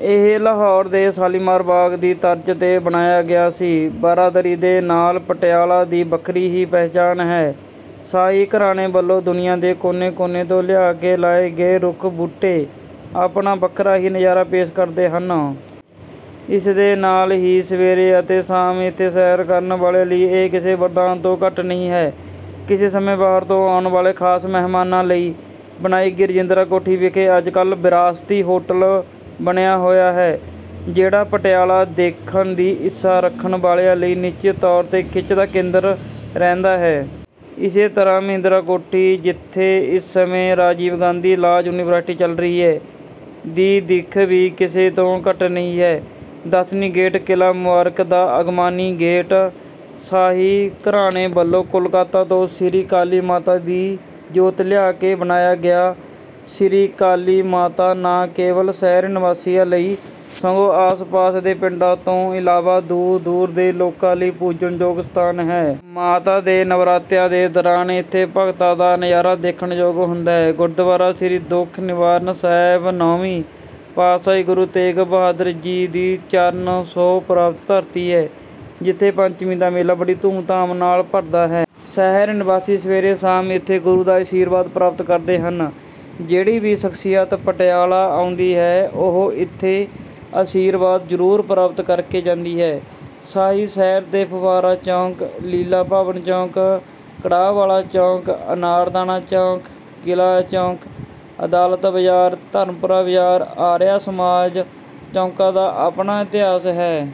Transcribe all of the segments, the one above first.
ਇਹ ਲਾਹੌਰ ਦੇ ਸ਼ਾਲੀਮਾਰ ਬਾਗ ਦੀ ਤਰਜ਼ 'ਤੇ ਬਣਾਇਆ ਗਿਆ ਸੀ। ਬਾਰਾਂਦਰੀ ਦੇ ਨਾਲ ਪਟਿਆਲਾ ਦੀ ਵੱਖਰੀ ਹੀ ਪਹਿਚਾਣ ਹੈ। ਸ਼ਾਹੀ ਘਰਾਣੇ ਵੱਲੋਂ ਦੁਨੀਆਂ ਦੇ ਕੋਨੇ- ਕੋਨੇ ਤੋਂ ਲਿਆ ਕੇ ਲਾਏ ਗਏ ਰੁੱਖ ਬੂਟੇ ਆਪਣਾ ਵੱਖਰਾ ਹੀ ਨਜ਼ਾਰਾ ਪੇਸ਼ ਕਰਦੇ ਹਨ। ਇਸ ਦੇ ਨਾਲ ਹੀ ਸਵੇਰੇ ਅਤੇ ਸ਼ਾਮ ਇਥੇ ਸੈਰ ਕਰਨ ਵਾਲਿਆਂ ਲਈ ਇਹ ਕਿਸੇ ਵਰਦਾਨ ਤੋਂ ਘੱਟ ਨਹੀਂ ਹੈ। ਕਿਸੇ ਸਮੇਂ ਬਾਹਰ ਤੋਂ ਆਉਣ ਵਾਲੇ ਖਾਸ ਮਹਿਮਾਨਾਂ ਲਈ ਬਣਾਈ ਗਈ ਰਾਜਿੰਦਰਾ ਕੋਠੀ ਵਿਖੇ ਅੱਜ ਕੱਲ੍ਹ ਵਿਰਾਸਤੀ ਹੋਟਲ ਬਣਿਆ ਹੋਇਆ ਹੈ, ਜਿਹੜਾ ਪਟਿਆਲਾ ਦੇਖਣ ਦੀ ਇੱਛਾ ਰੱਖਣ ਵਾਲਿਆਂ ਲਈ ਨਿਸ਼ਚਿਤ ਤੌਰ 'ਤੇ ਖਿੱਚ ਦਾ ਕੇਂਦਰ ਰਹਿੰਦਾ ਹੈ। ਇਸੇ ਤਰ੍ਹਾਂ ਮਹਿੰਦਰਾ ਕੋਠੀ ਜਿਥੇ ਇਸ ਸਮੇਂ ਰਾਜੀਵ ਗਾਂਧੀ ਲਾਅ ਯੂਨੀਵਰਸਿਟੀ ਚੱਲ ਰਹੀ ਹੈ, ਦੀ ਦਿੱਖ ਵੀ ਕਿਸੇ ਤੋਂ ਘੱਟ ਨਹੀਂ ਹੈ। ਦਰਸ਼ਨੀ ਗੇਟ ਕਿਲ੍ਹਾ ਮੁਬਾਰਕ ਦਾ ਆਗਮਨੀ ਗੇਟ ਸ਼ਾਹੀ ਘਰਾਣੇ ਵੱਲੋਂ ਕੋਲਕਾਤਾ ਤੋਂ ਸ੍ਰੀ ਕਾਲੀ ਮਾਤਾ ਦੀ ਜੋਤ ਲਿਆ ਕੇ ਬਣਾਇਆ ਗਿਆ ਸ੍ਰੀ ਕਾਲੀ ਮਾਤਾ ਮੰਦਰ ਨਾ ਕੇਵਲ ਸ਼ਹਿਰ ਨਿਵਾਸੀਆਂ ਲਈ, ਸਗੋਂ ਆਸ ਪਾਸ ਪਿੰਡਾਂ ਤੋਂ ਇਲਾਵਾ ਦੂਰ ਦੂਰ ਦੇ ਲੋਕਾਂ ਲਈ ਪੂਜਣਯੋਗ ਸਥਾਨ ਹੈ। ਮਾਤਾ ਦੇ ਨਵਰਾਤਰਿਆਂ ਦੇ ਦੌਰਾਨ ਇਥੇ ਭਗਤਾਂ ਦਾ ਨਜ਼ਾਰਾ ਦੇਖਣਯੋਗ ਹੁੰਦਾ ਹੈ। ਗੁਰਦੁਆਰਾ ਸ੍ਰੀ ਦੁੱਖ ਨਿਵਾਰਨ ਸਾਹਿਬ ਨੌਵੀਂ ਪਾਤਸ਼ਾਹੀ ਗੁਰੂ ਤੇਗ ਬਹਾਦੁਰ ਜੀ ਦੀ ਚਰਨ ਛੋਹ ਪ੍ਰਾਪਤ ਧਰਤੀ ਹੈ, ਜਿੱਥੇ ਪੰਚਮੀ ਦਾ ਮੇਲਾ ਬੜੀ ਧੂਮ ਧਾਮ ਨਾਲ ਭਰਦਾ ਹੈ। ਸ਼ਹਿਰ ਨਿਵਾਸੀ ਸਵੇਰੇ-ਸ਼ਾਮ ਇਥੇ ਗੁਰੂ ਦਾ ਆਸ਼ੀਰਵਾਦ ਪ੍ਰਾਪਤ ਕਰਦੇ ਹਨ। ਜਿਹੜੀ ਵੀ ਸ਼ਖਸ਼ੀਅਤ ਪਟਿਆਲਾ ਆਉਂਦੀ ਹੈ, ਉਹ ਇਥੇ ਆਸ਼ੀਰਵਾਦ ਜ਼ਰੂਰ ਪ੍ਰਾਪਤ ਕਰਕੇ ਜਾਂਦੀ ਹੈ। ਸ਼ਾਹੀ ਸ਼ਹਿਰ ਦੇ ਫੁਹਾਰਾ ਚੌਂਕ, ਲੀਲਾ ਭਵਨ ਚੌਂਕ, ਕੜਾਹ ਵਾਲਾ ਚੌਂਕ, ਅਨਾਰਦਾਨਾ ਚੌਂਕ, ਕਿਲ੍ਹਾ ਚੌਂਕ, ਅਦਾਲਤ ਬਜ਼ਾਰ, ਧਰਮਪੁਰਾ ਬਜ਼ਾਰ, ਆਰੀਆ ਸਮਾਜ ਚੌਕਾਂ ਦਾ ਆਪਣਾ ਇਤਿਹਾਸ ਹੈ।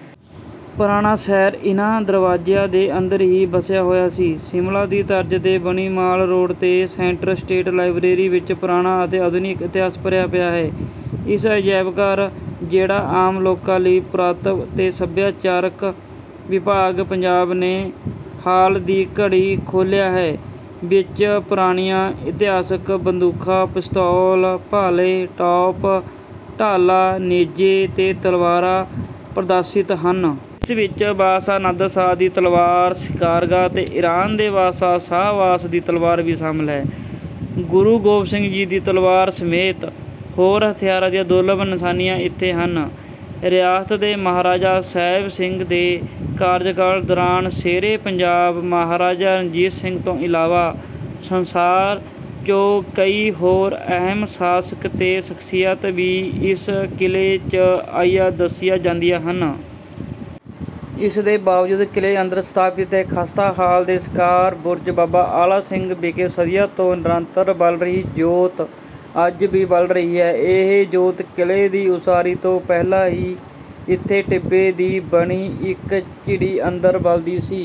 ਪੁਰਾਣਾ ਸ਼ਹਿਰ ਇਨ੍ਹਾਂ ਦਰਵਾਜ਼ਿਆਂ ਦੇ ਅੰਦਰ ਹੀ ਵਸਿਆ ਹੋਇਆ ਸੀ। ਸ਼ਿਮਲਾ ਦੀ ਤਰਜ਼ 'ਤੇ ਬਣੀ ਮਾਲ ਰੋਡ 'ਤੇ ਸੈਂਟਰ ਸਟੇਟ ਲਾਇਬਰੇਰੀ ਵਿਚ ਪੁਰਾਣਾ ਅਤੇ ਅਧੁਨਿਕ ਇਤਿਹਾਸ ਭਰਿਆ ਪਿਆ ਹੈ। ਇਸ ਅਜਾਇਬਘਰ, ਜਿਹੜਾ ਆਮ ਲੋਕਾਂ ਲਈ ਪੁਰਾਤਵ ਤੇ ਸੱਭਿਆਚਾਰਕ ਵਿਭਾਗ ਪੰਜਾਬ ਨੇ ਹਾਲ ਦੀ ਘੜੀ ਖੋਲ੍ਹਿਆ ਹੈ, ਵਿੱਚ ਪੁਰਾਣੀਆਂ ਇਤਿਹਾਸਕ ਬੰਦੂਕਾਂ, ਪਿਸਤੌਲ, ਭਾਲੇ, ਟੋਪ, ਢਾਲਾਂ, ਨੇਜੇ ਤੇ ਤਲਵਾਰਾਂ ਪ੍ਰਦਰਸ਼ਿਤ ਹਨ। ਇਸ ਵਿੱਚ ਬਾਦਸ਼ਾਹ ਨਾਦਰਸ਼ਾਹ ਦੀ ਤਲਵਾਰ 'ਸ਼ਿਕਾਰਗਾਹ' ਤੇ ਈਰਾਨ ਦੇ ਬਾਦਸ਼ਾਹ ਸ਼ਾਹ ਅੱਬਾਸ ਦੀ ਤਲਵਾਰ ਵੀ ਸ਼ਾਮਲ ਹੈ। ਗੁਰੂ ਗੋਬਿੰਦ ਸਿੰਘ ਦੀ ਤਲਵਾਰ ਸਮੇਤ ਹੋਰ ਹਥਿਆਰਾਂ ਦੀਆਂ ਦੁਰਲੱਭ ਨਿਸ਼ਾਨੀਆਂ ਇੱਥੇ ਹਨ। ਰਿਆਸਤ ਦੇ ਮਹਾਰਾਜਾ ਸਾਹਿਬ ਸਿੰਘ ਦੇ ਕਾਰਜਕਾਲ ਦੌਰਾਨ ਸ਼ੇਰੇ ਪੰਜਾਬ ਮਹਾਰਾਜਾ ਰਣਜੀਤ ਸਿੰਘ ਤੋਂ ਇਲਾਵਾ ਸੰਸਾਰ 'ਚੋਂ ਕਈ ਹੋਰ ਅਹਿਮ ਸ਼ਾਸਕ ਤੇ ਸ਼ਖਸੀਅਤਾਂ ਵੀ ਇਸ ਕਿਲ੍ਹੇ 'ਚ ਆਈਆਂ ਦੱਸੀਆਂ ਜਾਂਦੀਆਂ ਹਨ। ਇਸ ਦੇ ਬਾਵਜੂਦ ਕਿਲ੍ਹੇ ਅੰਦਰ ਸਥਾਪਿਤ ਤੇ ਖਸਤਾ ਹਾਲ ਦੇ ਸ਼ਿਕਾਰ 'ਬੁਰਜ ਬਾਬਾ ਆਲਾ ਸਿੰਘ' ਵਿਖੇ ਸਦੀਆਂ ਤੋਂ ਨਿਰੰਤਰ ਬਲ ਰਹੀ ਜੋਤ ਅੱਜ ਵੀ ਬਲ ਰਹੀ ਹੈ। ਇਹ ਜੋਤ ਕਿਲ੍ਹੇ ਦੀ ਉਸਾਰੀ ਤੋਂ ਪਹਿਲਾਂ ਹੀ ਇਥੇ ਟਿੱਬੇ ਦੀ ਬਣੀ ਇੱਕ ਝਿੜੀ ਅੰਦਰ ਬਲਦੀ ਸੀ।